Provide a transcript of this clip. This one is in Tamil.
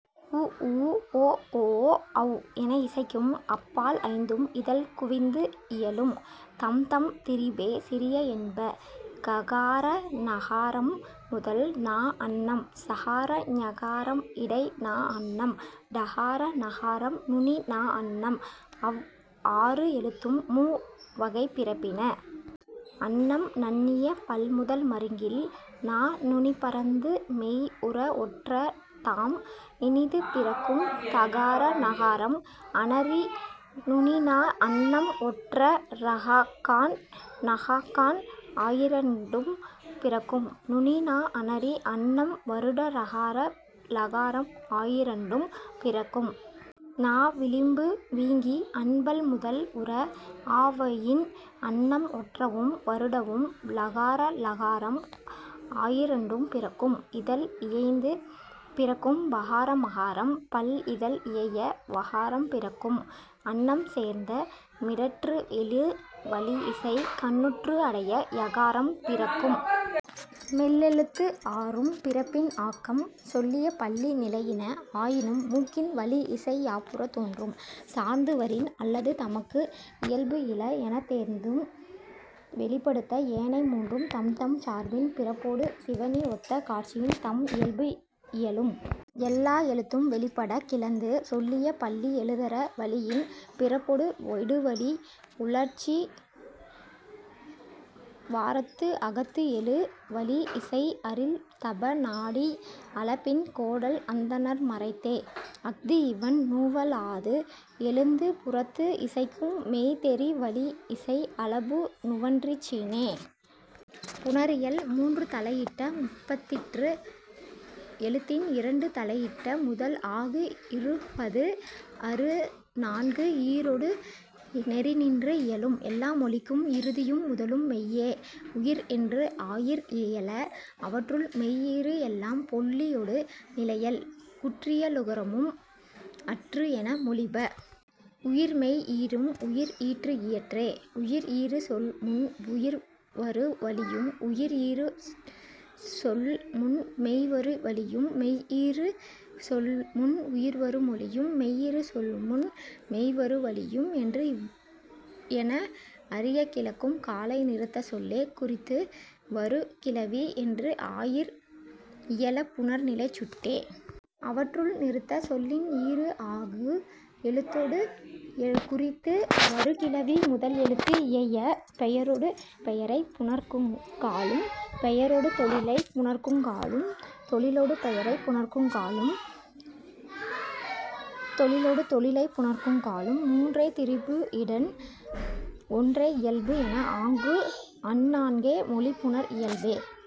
உ ஊ ஒ ஓ ஔ என இசைக்கும் அப் பால் ஐந்தும் இதழ் குவிந்து இயலும். தம்தம் திரிபே சிறிய என்ப. ககார ஙகாரம் முதல் நா அண்ணம். சகார ஞகாரம் இடை நா அண்ணம். டகார ணகாரம் நுனி நா அண்ணம். அவ் ஆறு எழுத்தும் மூ வகைப் பிறப்பின. அண்ணம் நண்ணிய பல் முதல் மருங்கில் நா நுனி பரந்து மெய் உற ஒற்ற தாம் இனிது பிறக்கும் தகார நகாரம். அணரி நுனி நா அண்ணம் ஒற்ற றஃகான் னஃகான் ஆயிரண்டும் பிறக்கும். நுனி நா அணரி அண்ணம் வருட ரகார ழகாரம் ஆயிரண்டும் பிறக்கும். நா விளிம்பு வீங்கி அண்பல் முதல் உற ஆவயின் அண்ணம் ஒற்றவும் வருடவும் லகார ளகாரம் ஆயிரண்டும் பிறக்கும். இதழ் இயைந்து பிறக்கும் பகார மகாரம். பல் இதழ் இயைய வகாரம் பிறக்கும். அண்ணம் சேர்ந்த மிடற்று எழு வளி இசை கண்ணுற்று அடைய யகாரம் பிறக்கும். மெல்லெழுத்து ஆறும் பிறப்பின் ஆக்கம் சொல்லிய பள்ளி நிலையின ஆயினும் மூக்கின் வளி இசை யாப்புறத் தோன்றும். சார்ந்து வரின் அல்லது தமக்கு இயல்பு இல எனத் தேர்ந்து வெளிப்படுத்த ஏனை மூன்றும் தம்தம் சார்பின் பிறப்பொடு சிவணி ஒத்த காட்சியின் தம் இயல்பு இயலும். எல்லா எழுத்தும் வெளிப்படக் கிளந்து சொல்லிய பள்ளி எழுதரு வளியின் பிறப்பொடு விடுவழி உறழ்ச்சி வாரத்து அகத்து எழு வளி இசை அரில் தப நாடி அளபின் கோடல் அந்தணர் மறைத்தே. அஃது இவண் நுவலாது எழுந்து புறத்து இசைக்கும் மெய் தெரி வளி இசை அளபு நுவன்றிசினே.. புணரியல் மூன்று தலை இட்ட முப்பதிற்று எழுத்தின் இரண்டு தலை இட்ட முதல் ஆகு இருபஃது அறு நான்கு ஈறொடு நெறி நின்று இயலும் எல்லா மொழிக்கும் இறுதியும் முதலும் மெய்யே உயிர் என்று ஆயீர் இயல. அவற்றுள், மெய் ஈறு எல்லாம் புள்ளியொடு-நிலையல். குற்றியலுகரமும் அற்று என மொழிப. உயிர்மெய் ஈறும் உயிர் ஈற்று இயற்றே. உயிர் இறு சொல் முன் உயிர் வரு வழியும் உயிர் இறு சொல் முன் மெய் வரு வழியும் மெய் இறு சொல் முன் உயிர் வரு வழியும் மெய் இறு சொல் முன் மெய் வரு வழியும் என்று இவ் என அறியக் கிளக்கும் காலை நிறுத்த சொல்லே குறித்து வரு கிளவி என்று ஆயீர் இயல புணர் நிலைச் சுட்டே. அவற்றுள், நிறுத்த சொல்லின் ஈறு ஆகு எழுத்தொடு குறித்து வரு கிளவி முதல் எழுத்து இயைய பெயரொடு பெயரைப் புணர்க்குங் காலும் பெயரொடு தொழிலைப் புணர்க்குங் காலும் தொழிலொடு பெயரைப் புணர்க்குங் காலும் தொழிலொடு தொழிலைப் புணர்க்குங் காலும் மூன்றே திரிபு இடன் ஒன்றே இயல்பு என ஆங்கு அந் நான்கே மொழி புணர் இயல்பே.